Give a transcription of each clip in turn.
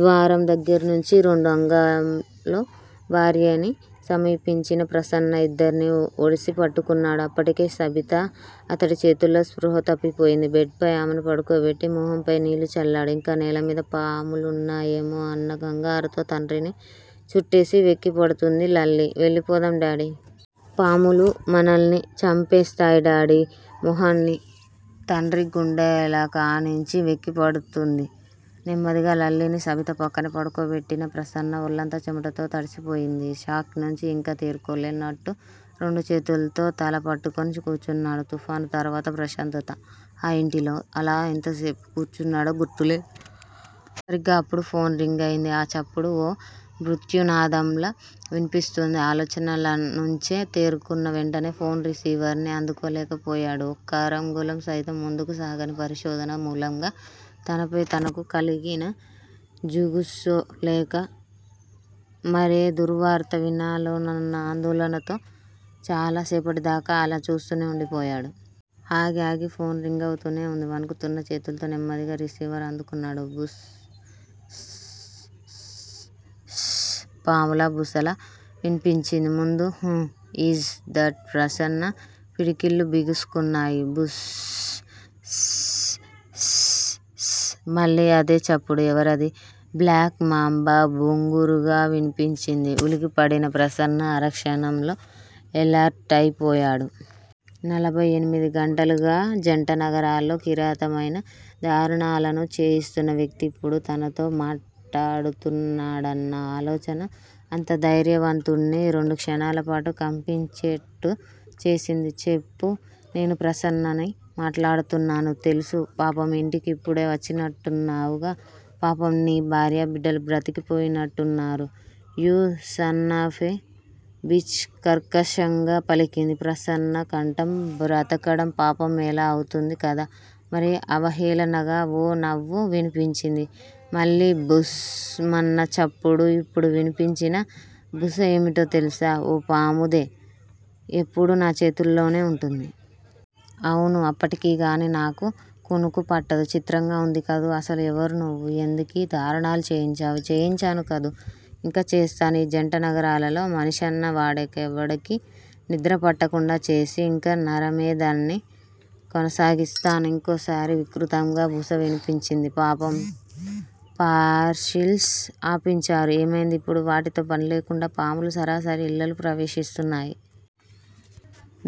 ద్వారం దగ్గర్నుంచి రెండు అంగల్లో భార్యని సమీపించిన ప్రసన్న ఇద్దర్నీ ఒడిసిపట్టుకున్నాడు. అప్పటికే సబిత అతడి చేతుల్లో స్పృహ తప్పిపోయింది. బెడ్ పై ఆమెను పడుకోబెట్టి మొహంపై నీళ్ళు చల్లాడు ఇంకా నేలమీద పాములున్నాయేమో అన్న కంగారుతో తండ్రిని చుట్టేసి వెక్కిపడుతూంది లల్లీ వెళ్ళిపోదాం డాడీ. పాములు మనల్ని చంపేస్తాయి డాడీ మొహాన్ని తండ్రి గుండెలకానించి వెక్కిపడుతూంది. నెమ్మదిగా లల్లీని సబిత పక్కనే పడుకోబెట్టిన ప్రసన్న ఒళ్ళంతా చెమటతో తడిసిపోయింది. షాక్ నుంచి ఇంకా తేరుకోలేనట్టు రెండు చేతుల్తో తల పట్టుకుని కూచున్నాడు తుఫాను తర్వాత ప్రశాంతత ఆ ఇంటిలో. అలా ఎంతసేపు కూర్చున్నాడో గుర్తులేదు. సరిగ్గా అప్పుడు ఫోన్ రింగయింది ఆ చప్పుడు ఓ మృత్యునాదంలా వినిపిస్తూంది ఆలోచనలనుంచే తేరుకున్నా వెంటనే ఫోన్ రిసీవర్ని అందుకోలేకపోయాడు ఒక్క అరంగుళం సైతం ముందుకు సాగని పరిశోధన మూలంగా తనపై తనకు కలిగిన జుగుస్సో లేక మరే దుర్వార్త వినాలోనన్న ఆందోళనతో చాలా సేపటిదాకా అలా చూస్తూనే వుండిపోయాడు. ఆగి ఆగి ఫోన్ రింగవుతూనే వుంది. వణుకుతున్న చేతుల్తో నెమ్మదిగా రిసీవర్ అందుకున్నాడు. బుస్ స్ స్ స్ పాములా బుసలా వినిపించింది ముందు హు యీజ్ దట్ ప్రసన్న పిడికిళ్ళు బిగుసుకున్నాయి. బుస్ స్ స్ స్ మళ్ళీ అదే చప్పుడు. ఎవరది? బ్లాక్ మాంబా బొంగురుగా వినిపించింది ఉలికిపడిన ప్రసన్న అరక్షణంలో ఎలర్టయిపోయాడు. నలభై ఎనిమిదిగంటలుగా జంటనగరాల్లో కిరాతమైన దారుణాలను చేయిస్తున్న వ్యక్తి ఇప్పుడు తనతో మాటాడుతున్నాడన్నా ఆలోచన అంత ధైర్యవంతుడ్నీ రెండు క్షణాలపాటు కంపించేట్టు చేసింది. చెప్పు నేను ప్రసన్నని మాటాడుతున్నాను. తెలుసు. పాపం ఇంటికి ఇప్పుడే వచ్చినట్టున్నావుగా పాపం నీ భార్యాబిడ్డలు బ్రతికిపోయినట్టున్నారు యూ సన్నాఫే బిచ్ కర్కశంగా పలికింది ప్రసన్న కంఠం బ్రతకడం పాపమెలా అవుతుంది కాదా మరి అవహేళనగా ఓ నవ్వు వినిపించింది మళ్ళీ బుస్ మన్న చప్పుడు ఇప్పుడు వినిపించిన బుస ఏమిటో తెలుసా ఓ పాముదే ఎప్పుడూ నా చేతుల్లోనే వుంటుంది. అవును అప్పటికిగాని నాకు కునుకు పట్టదు చిత్రంగా వుందికదూ. అసలు ఎవరు నువ్వు? ఎందుకీ దారుణాలు చేయించావు? చేయించానూ కాదు ఇంకా చేస్తాను ఈ జంటనగరాలలో మనిషన్న వాడికెవడికీ నిద్రపట్టకుండా చేసి ఇంకా నరమేధాన్ని కొనసాగిస్తాను ఇంకోసారి వికృతంగా బుస వినిపించింది. పాపం పార్శిల్స్ ఆపించారు ఏమైంది ఇప్పుడు వాటితో పనిలేకుండా పాములు సరాసరి ఇళ్ళలో ప్రవేశిస్తున్నాయి.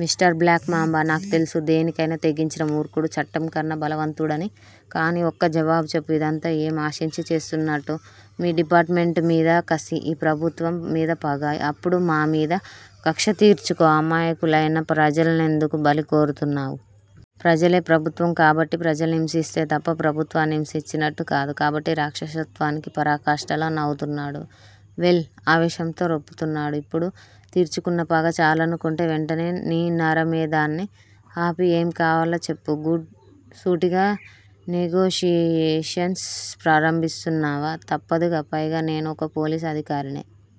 Mister black mamba. నాకు తెలుసు దేనికైనా తెగించిన మూర్ఖుడు చట్టంకన్నా బలవంతుడని కాని ఒక్క జవాబు చెప్పు. ఇదంతా ఏం ఆశించి చేస్తున్నట్టు? మీ డిపార్ట్ మెంటుమీద కసి ఈ ప్రభుత్వం మీద పగ. అప్పుడు మామీద కక్ష తీర్చుకో. అమాయకులైన ప్రజల్నెందుకు బలికోరుతున్నావు? ప్రజలే ప్రభుత్వం కాబట్టి ప్రజల్ని హింసిస్తే తప్ప ప్రభుత్వాన్ని హింసించినట్టుకాదు కాబట్టి రాక్షసత్వానికి పరాకాష్టలా నవ్వుతున్నాడు. వెల్ ఆవేశంతో రొప్పుతున్నాడు. ఇప్పుడు తీర్చుకున్న పగ చాలనుకుంటే వెంటనే నీ నరమేధాన్ని ఆపి ఏం కావాలో చెప్పు గుడ్ సూటిగా నెగోషియేషన్స్ ప్రారంభిస్తున్నావా? తప్పదుగా పైగా నేనూ ఒక పోలీసు అధికారినే?